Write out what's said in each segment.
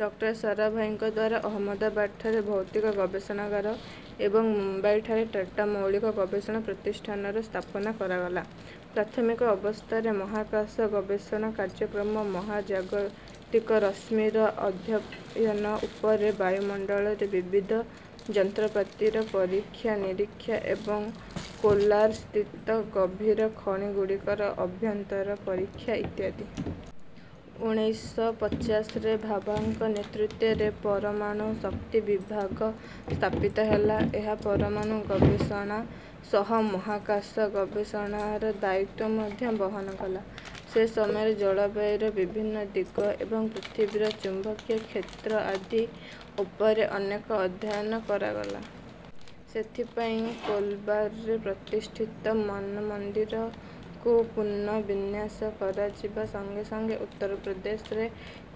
ଡାଃ. ସାରା ଭାଇଙ୍କଦ୍ୱାରା ଅହମଦାବାଦଠାରେ ଭୌତିକ ଗବେଷଣାଗାର ଏବଂ ମୁମ୍ବାଇଠାରେ ଟାଟା ମୌଳିକ ଗବେଷଣା ପ୍ରତିଷ୍ଠାନର ସ୍ଥାପନା କରାଗଲା। ପ୍ରାଥମିକ ଅବସ୍ଥାରେ ମହାକାଶ ଗବେଷଣା କାର୍ଯକ୍ରମ ମହାଜାଗତିକ ରଶ୍ମିର ଅଧ୍ୟୟନ ଉପର ବାୟୁମଣ୍ଡଳରେ ବିବିଧ ଯନ୍ତ୍ରପାତିର ପରୀକ୍ଷା ନିରୀକ୍ଷା ଏବଂ କୋଲାରସ୍ଥିତ ଗଭୀର ଖଣି ଗୁଡିକର ଅଭ୍ୟନ୍ତର ପରିକ୍ଷା ଇତ୍ୟାଦି। ଉଣେଇଶ ଶହ ପଚାଶରେ ଭାଭାଙ୍କ ନେତୃତ୍ୱରେ ପରମାଣୁ ଶକ୍ତି ବିଭାଗ ସ୍ଥାପିତ ହେଲା। ଏହା ପରମାଣୁ ଗବେଷଣା ସହ ମହାକାଶ ଗବେଷଣାର ଦାୟିତ୍ୱ ମଧ୍ୟ ବହନ କଲା। ସେ ସମୟରେ ଜଳବାୟୁର ବିଭିନ୍ନ ଦିଗ ଏବଂ ପୃଥିବୀର ଚୁମ୍ବକୀୟ କ୍ଷେତ୍ର ଆଦି ଉପରେ ଅନେକ ଅଧ୍ୟୟନ କରାଗଲା। ସେଥିପାଇଁ କୋଲବାରରେ ପ୍ରତିଷ୍ଠିତ ମାନମନ୍ଦିରକୁ ପୁର୍ନ ବିନ୍ୟାସ କରାଯିବା ସଙ୍ଗେ ସଙ୍ଗେ ଉତ୍ତରପ୍ରଦେଶରେ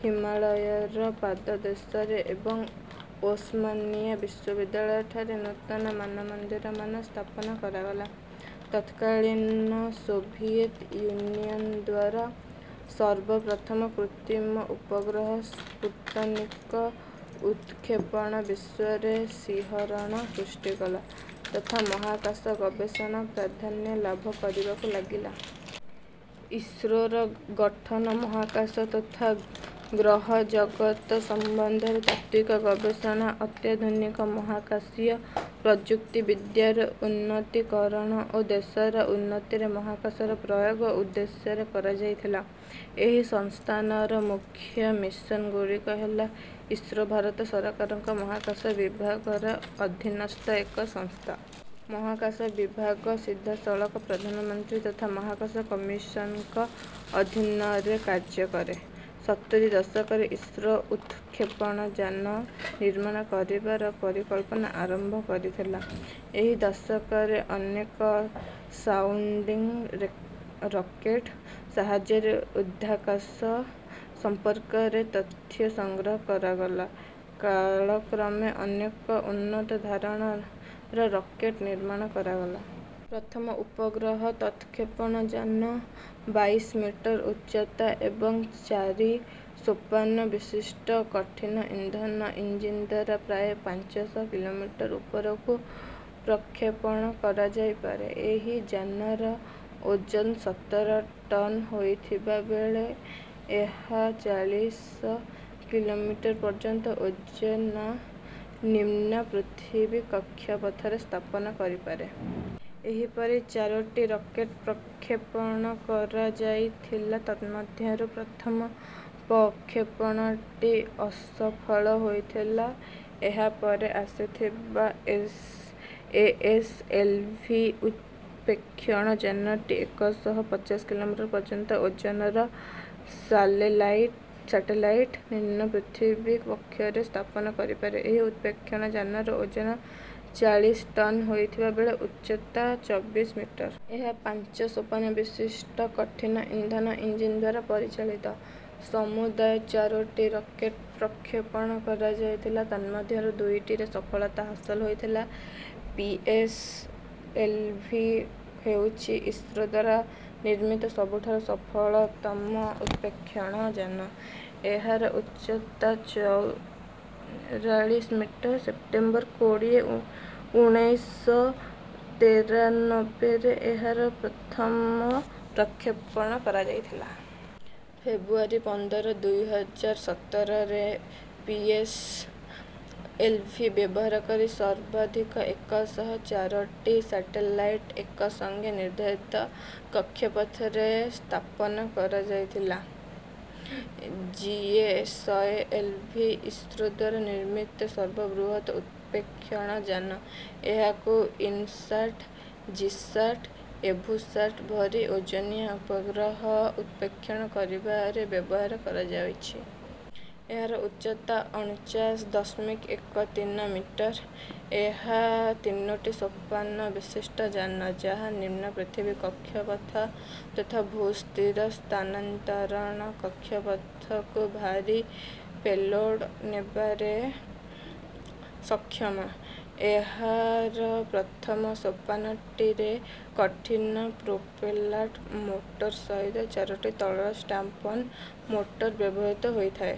ହିମାଳୟର ପାଦଦେଶରେ ଏବଂ ଓସମାନିଆ ବିଶ୍ୱବିଦ୍ୟାଳୟ ଠାରେ ନୂତନ ମାନମନ୍ଦିରମାନ ସ୍ଥାପନ କରାଗଲା। ତତ୍କାଳୀନ ସୋଭିଏତ୍ ୟୁନିୟନ୍ ଦ୍ୱାରା ସର୍ବପ୍ରଥମ କୃତ୍ରିମ ଉପଗ୍ରହ ସ୍ଫୁଟନିକର ଉତକ୍ଷେପଣ ବିଶ୍ୱରେ ଶିହରଣ ସୃଷ୍ଠିକଲା ତଥା ମହାକାଶ ଗବେଷଣା ପ୍ରାଧାନ୍ୟଲାଭ କରିବାକୁ ଲାଗିଲା। ଇସ୍ରୋର ଗଠନ ମହାକାଶ ତଥା ଗ୍ରହଜଗତ ସମ୍ବନ୍ଧରେ ତାତ୍ତ୍ୱିକ ଗବେଷଣା ଅତ୍ୟାଧୁନିକ ମହାକାଶୀୟ ପ୍ରଯୁକ୍ତି ବିଦ୍ୟାର ଉନ୍ନତିକରଣ ଓ ଦେଶର ଉନ୍ନତିରେ ମହାକାଶର ପ୍ରୟୋଗ ଉଦ୍ଦେଶ୍ୟରେ କରାଯାଇଥିଲା। ଏହି ସଂସ୍ଥାନର ମୁଖ୍ୟ ମିଶନ୍ ଗୁଡିକ ହେଲା ଇସ୍ରୋ ଭାରତ ସରକାରଙ୍କ ମହାକାଶ ବିଭାଗ ର ଅଧିନସ୍ଥ ଏକ ସଂସ୍ଥା। ମହାକାଶ ବିଭାଗ ସିଧାସଳଖ ପ୍ରଧାନମନ୍ତ୍ରୀ ତଥା ମହାକାଶ କମିଶନଙ୍କ ଅଧୀନରେ କାର୍ଯ୍ୟକରେ। ସତୁରି ଦଶକରେ ଇସ୍ରୋ ଉତକ୍ଷେପଣଯାନ ନିର୍ମାଣ କରିବାର ପରିକଳ୍ପନା ଆରମ୍ଭ କରିଥିଲା। ଏହି ଦଶକରେ ଅନେକ ସାଉଣ୍ଡିଂ ରକେଟ୍ ସାହାଯ୍ୟରେ ଉର୍ଦ୍ଧ୍ୱାକାଶ ସଂମ୍ପର୍କରେ ତଥ୍ୟ ସଂଗ୍ରହ କରାଗଲା। କାଳକ୍ରମେ ଅନେକ ଉନ୍ନତ ଧରଣର ରକେଟ୍ ର୍ନିମାଣ କରାଗଲା। ପ୍ରଥମ ଉପଗ୍ରହ ଉତ୍‌କ୍ଷେପଣ ଯାନ ବାଇଶ ମିଟର ଉଚ୍ଚତା ଏବଂ ଚାରି ସୋପନ ବିଶିଷ୍ଟ କଠିନ ଇନ୍ଧନ ଇଞ୍ଜିନଦ୍ୱାରା ପ୍ରାୟ ପାଞ୍ଚ ଶହ କିଲୋମିଟର ଉପରକୁ ପ୍ରକ୍ଷେପଣ କରଯାଇପାରେ। ଏହି ଯାନର ଓଜନ ସତର ଟନ୍ ହୋଇଥିବା ବେଳେ ଏହା ଚାଳିଶ କିଲୋଗ୍ରାମ ପର୍ଯ୍ୟନ୍ତ ଓଜନ ନିମ୍ନ ପୃଥିବୀ କକ୍ଷପଥ ରେ ସ୍ଥାପନ କରିପାରେ। ଏହିପରି ଚାରୋଟି ରକେଟ୍ ପ୍ରକ୍ଷେପଣ କରଯାଇଥିଲା ତନ୍ମଧ୍ୟରୁ ପ୍ରଥମ ପ୍ରକ୍ଷେପଣଟି ଅସଫଳ ହୋଇଥିଲା। ଏହା ପରେ ଆସିଥିବା ଏଏସଏଲଭି ଉତକ୍ଷେପଣ ଯାନଟି ଏକ ଶହ ପଚାଶ କିଲୋଗ୍ରାମ ପର୍ଯ୍ୟନ୍ତ ଓଜନର ସାଟେଲାଇଟ୍ ନିମ୍ନ ପୃଥିବୀ କକ୍ଷପଥରେ ସ୍ଥାପନ କରିପାରେ। ଏହି ଉତକ୍ଷେପଣ ଯାନର ଓଜନ ଚାଳିଶ ଟନ ହୋଇଥିବବେଳେ ଉଚ୍ଚତା ଚବିଶ ମିଟର। ଏହା ପାଞ୍ଚ ସୋପନ ବିଶିଷ୍ଟ କଠିନ ଇନ୍ଧନ ଇଞ୍ଜିନ ଦ୍ୱାରା ପରିଚାଳିତ। ସମୁଦାୟ ଚାରୋଟି ରକେଟ୍ ପ୍ରକ୍ଷେପଣ କରଯାଇଥିଲା ତନ୍ମଧ୍ୟରୁ ଦୁଇଟିରେ ସଫଳତା ହାସଲ ହୋଇଥିଲା। ପିଏସଏଲଭି ହେଉଛି ଇସ୍ରୋ ଦ୍ୱାରା ନିର୍ମିତ ସବୁଠାରୁ ସଫଳତମ ଉତକ୍ଷେପଣଯାନ। ଏହାର ଉଚ୍ଚତା ଚଉରାଳିଶ ମିଟର। ସେପ୍ଟେମ୍ବର କୋଡ଼ିଏ ଉଣେଇଶ ତେରାନବେରେ ଏହାର ପ୍ରଥମ ପ୍ରକ୍ଷେପଣ କରାଯାଇଥିଲା। ଫେବୃୟାରୀ ପନ୍ଦର ଦୁଇ ହଜାର ସତରରେ ପିଏସଏଲଭି ବ୍ୟବହାର କରି ସର୍ବଧିକ ଏକ ଶହ ଚାରିଟି ସାଟେଲାଇଟ୍ ଏକସଙ୍ଗେ ନିର୍ଦ୍ଧାରିତ କକ୍ଷପଥରେ ସ୍ଥାପନ କରାଯାଇଥିଲା। ଜିଏସଏଲଭି ଇସ୍ରୋ ଦ୍ୱାରା ନିର୍ମିତ ସର୍ବବୃହତ ଉତକ୍ଷେପଣଯାନ। ଏହକୁ ଇନସାଟ୍, ଜିସାଟ୍ ,ଏଡୁସାଟ୍ ପରି ଓଜନିଆ ଉପଗ୍ରହ ଉତକ୍ଷେପଣ କରିବାରେ ବ୍ୟବହାର କରାଯାଇଛି। ଏହାର ଉଚ୍ଚତା ଅଣଚାଶ ଦଶମିକ ଏକ ତିନି ମିଟର। ଏହା ତିନୋଟି ସୋପାନ ବିଶିଷ୍ଟ ଯାନ, ଯାହା ନିମ୍ନ ପୃଥିବୀ କକ୍ଷପଥ ତଥା ଭୂ-ସ୍ଥିର ସ୍ଥାନାନ୍ତରଣ କକ୍ଷପଥକୁ ଭାରୀ ପେଲୋଡ୍ ନେବାରେ ସକ୍ଷମ। ଏହାର ପ୍ରଥମ ସୋପାନଟିରେ କଠିନ ପ୍ରୋପେଲାଣ୍ଟ୍ ମୋଟର ସହିତ ଚାରୋଟି ତରଳ ଷ୍ଟ୍ରାପ୍-ଅନ୍ ମୋଟର ବ୍ୟବହୃତ ହୋଇଥାଏ।